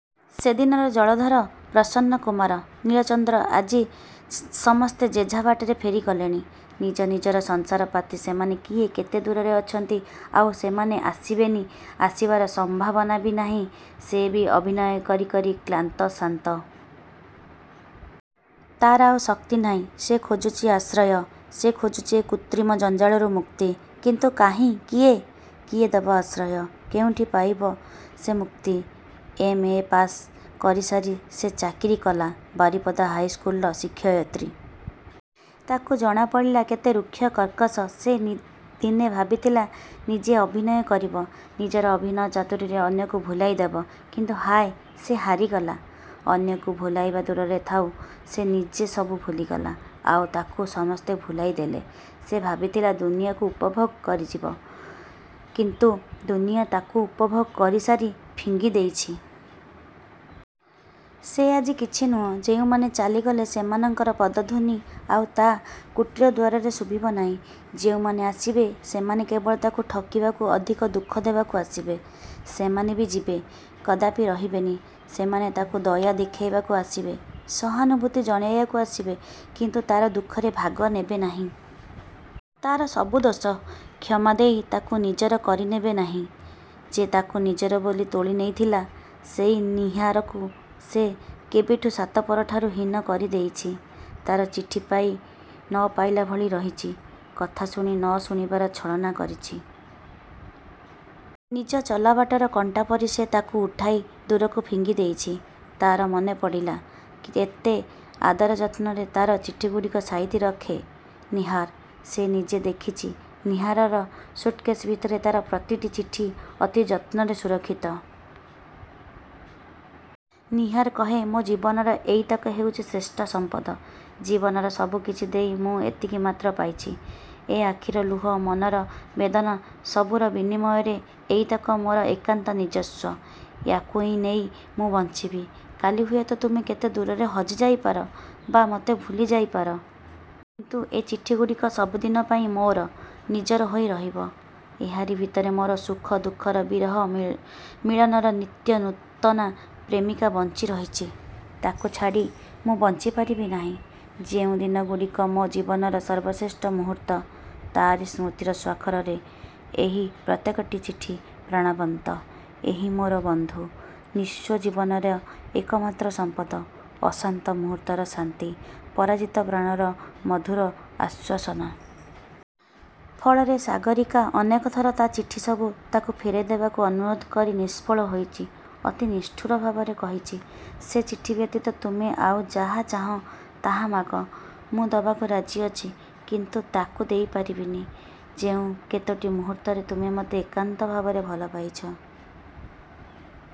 ସେଦିନର ଜଳଧର, ପ୍ରସନ୍ନ କୁମାର, ନୀଳଚନ୍ଦ୍ର ଆଜି ସମସ୍ତେ ଯେଝା ବାଟରେ ଫେରି ଗଲେଣି। ନିଜ ନିଜର ସଂସାର ପାତି ସେମାନେ କିଏ କେତେ ଦୂରରେ ଅଛନ୍ତି। ଆଉ ସେମାନେ ଆସିବେନି-ଆସିବାର ସମ୍ଭାବନା ବି ନାହିଁ। ସେ ବି ଅଭିନୟ କରି କରି କ୍ଳାନ୍ତ, ଶାନ୍ତ। ତା'ର ଆଉ ଶକ୍ତି ନାହିଁ। ସେ ଖୋଜୁଛି ଆଶ୍ରୟ; ସେ ଖୋଜୁଛି ଏ କୃତ୍ରିମ ଜଞ୍ଜାଳରୁ ମୁକ୍ତି। କିନ୍ତୁ କାହିଁ କିଏ? କିଏ ଦେବ ଆଶ୍ରୟ; କେଉଁଠି ପାଇବ ସେ ମୁକ୍ତି। ଏମ୍. ଏ. ପାସ୍ କରିସାରି ସେ ଚାକିରି କଲା। ବାରିପଦା ହାଇସ୍କୁଲରେ ଶିକ୍ଷୟିତ୍ରୀ। ତାକୁ ଜଣାପଡ଼ିଲା କେତେ ଋକ୍ଷ କର୍କଶ। ସେ ଦିନେ ଭାବିଥିଲା ନିଜେ ଅଭିନୟ କରିବ। ନିଜର ଅଭିନୟ ଚାତୁରୀରେ ଅନ୍ୟକୁ ଭୁଲାଇ ଦେବ। କିନ୍ତୁ ହାୟ-ସେ ହାରିଗଲା। ଅନ୍ୟକୁ ଭୁଲାଇବା ଦୂରରେ ଥାଉ-ସେ ନିଜେ ସବୁ ଭୁଲିଗଲା; ଆଉ ତାକୁ ସମସ୍ତେ ଭୁଲାଇ ଦେଲେ। ସେ ଭାବିଥିଲା ଦୁନିଆକୁ ଉପଭୋଗ କରିଯିବ-କିନ୍ତୁ ଦୁନିଆ ତାକୁ ଉପଭୋଗ କରିସାରି ଫିଙ୍ଗି ଦେଇଛି। ସେ ଆଜି କିଛି ନୁହେଁ-ଯେଉଁମାନେ ଚାଲିଗଲେ ସେମାନଙ୍କର ପଦଧ୍ୱନି ଆଉ ତା' କୁଟୀର ଦ୍ୱାରରେ ଶୁଭିବ ନାହିଁ। ଯେଉଁମାନେ ଆସିବେ; ସେମାନେ କେବଳ ତାକୁ ଠକିବାକୁ ଅଧିକ ଦୁଃଖ ଦେବାକୁ ଆସିବେ। ସେମାନେ ବି ଯିବେ; କଦାପି ରହିବେନି। ସେମାନେ ତାକୁ ଦୟା ଦେଖାଇବାକୁ ଆସିବେ; ସହାନୁଭୂତି ଜଣାଇବାକୁ ଆସିବେ; କିନ୍ତୁ ତା'ର ଦୁଃଖରେ ଭାଗ ନେବେ ନାହିଁ। ତାର ସବୁ ଦୋଷ କ୍ଷମାଦେଇ ତାକୁ ନିଜର କରିନେବେ ନାହିଁ। ଯେ ତାକୁ ନିଜର ବୋଲି ତୋଳି ନେଇଥିଲା-ସେଇ ନୀହାରକୁ ସେ କେବେଠୁଁ ସାତପର ଠାରୁ ହୀନ କରିଦେଇଛି। ତା'ର ଚିଠି ପାଇ; ନ। ପାଇଲା ଭଳି ରହିଛି। କଥା ଶୁଣି, ନ ଶୁଣିବାର ଛଳନା କରିଛି। ନିଜ ଚଲା ବାଟର କଣ୍ଟା ପରି ସେ ତାକୁ ଉଠାଇ ଦୂରକୁ ଫିଙ୍ଗି ଦେଇଛି-। ତା'ର ମନେପଡ଼ିଲା କେତେ ଆଦର ଯତ୍ନରେ ତା'ର ଚିଠିଗୁଡ଼ିକ ସାଇତି ରଖେ ନୀହାର-। ସେ ନିଜେ ଦେଖିଛି ନୀହାରର ସୁଟକେଶ୍ ଭିତରେ ତା'ର ପ୍ରତିଟି ଚିଠି ଅତି ଯତ୍ନରେ ସୁରକ୍ଷିତ। ନୀହାର କହେ-''ମୋ ଜୀବନର ଏଇତକ ହେଉଛି ଶ୍ରେଷ୍ଠ ସମ୍ପଦ। ଜୀବନର ସବୁ କିଛି ଦେଇ ମୁଁ ଏତିକି ମାତ୍ର ପାଇଛି। ଏ ଆଖିର ଲୁହ, ମନର ବେଦନା ସବୁର ବିନିମୟରେ ଏଇତକ ମୋର ଏକାନ୍ତ ନିଜସ୍ୱ। ୟାକୁଇ ନେଇ ମୁଁ ବଞ୍ଚିବି। କାଲି ହୁଏତ ତୁମେ କେତେ ଦୂରରେ ହଜି ଯାଇପାର, ବା ମୋତେ ଭୁଲି ଯାଇପାର। କିନ୍ତୁ ଏ ଚିଠିଗୁଡ଼ିକ ସବୁଦିନ ପାଇଁ ମୋର ନିଜର ହୋଇ ରହିବ-। ଏହାରି ଭିତରେ ମୋର ସୁଖ ଦୁଃଖର, ବିରହ ମିଳନର, ନିତ୍ୟ-ନୂତନା ପ୍ରେମିକା ବଞ୍ଚି ରହିଛି-। ତାକୁ ଛାଡ଼ି ମୁଁ ବଞ୍ଚି ପାରିବି ନାହିଁ। ଯେଉଁ ଦିନଗୁଡ଼ିକ ମୋ ଜୀବନର ସର୍ବଶ୍ରେଷ୍ଠ ମୁହୂର୍ତ୍ତ; ତାରି ସ୍ମୃତିର ସ୍ୱାକ୍ଷରରେ ଏହି ପ୍ରତ୍ୟେକଟି ଚିଠି ପ୍ରାଣବନ୍ତ-ଏହି ମୋର ବନ୍ଧୁ-ନିସ୍ୱ ଜୀବନର ଏକମାତ୍ର ସମ୍ପଦ-ଅଶାନ୍ତ ମୁହୂର୍ତ୍ତର ଶାନ୍ତି-ପରାଜିତ ପ୍ରାଣର ମଧୁର ଆଶ୍ୱାସନା। '' ଫଳରେ ସାଗରୀକା ଅନେକଥର ତା' ଚିଠି ସବୁ ତାକୁ ଫେରାଇ ଦେବାକୁ ଅନୁରୋଧ କରି ନିଷ୍ଫଳ ହୋଇଛି-। ଅତି ନିଷ୍ଠୁର ଭାବରେ କହିଛି-'' ସେ ଚିଠି ବ୍ୟତୀତ ତୁମେ ଆଉ ଯାହା ଚାହଁ-ତାହା ମାଗ-। ମୁଁ ଦେବାକୁ ରାଜି ଅଛି। କିନ୍ତୁ ତା'କୁ ଦେଇପାରିବିନି। ଯେଉଁ କେତୋଟି ମୁହୂର୍ତ୍ତରେ ତୁମେ ମୋତେ ଏକାନ୍ତ ଭାବରେ ଭଲ ପାଇଛ;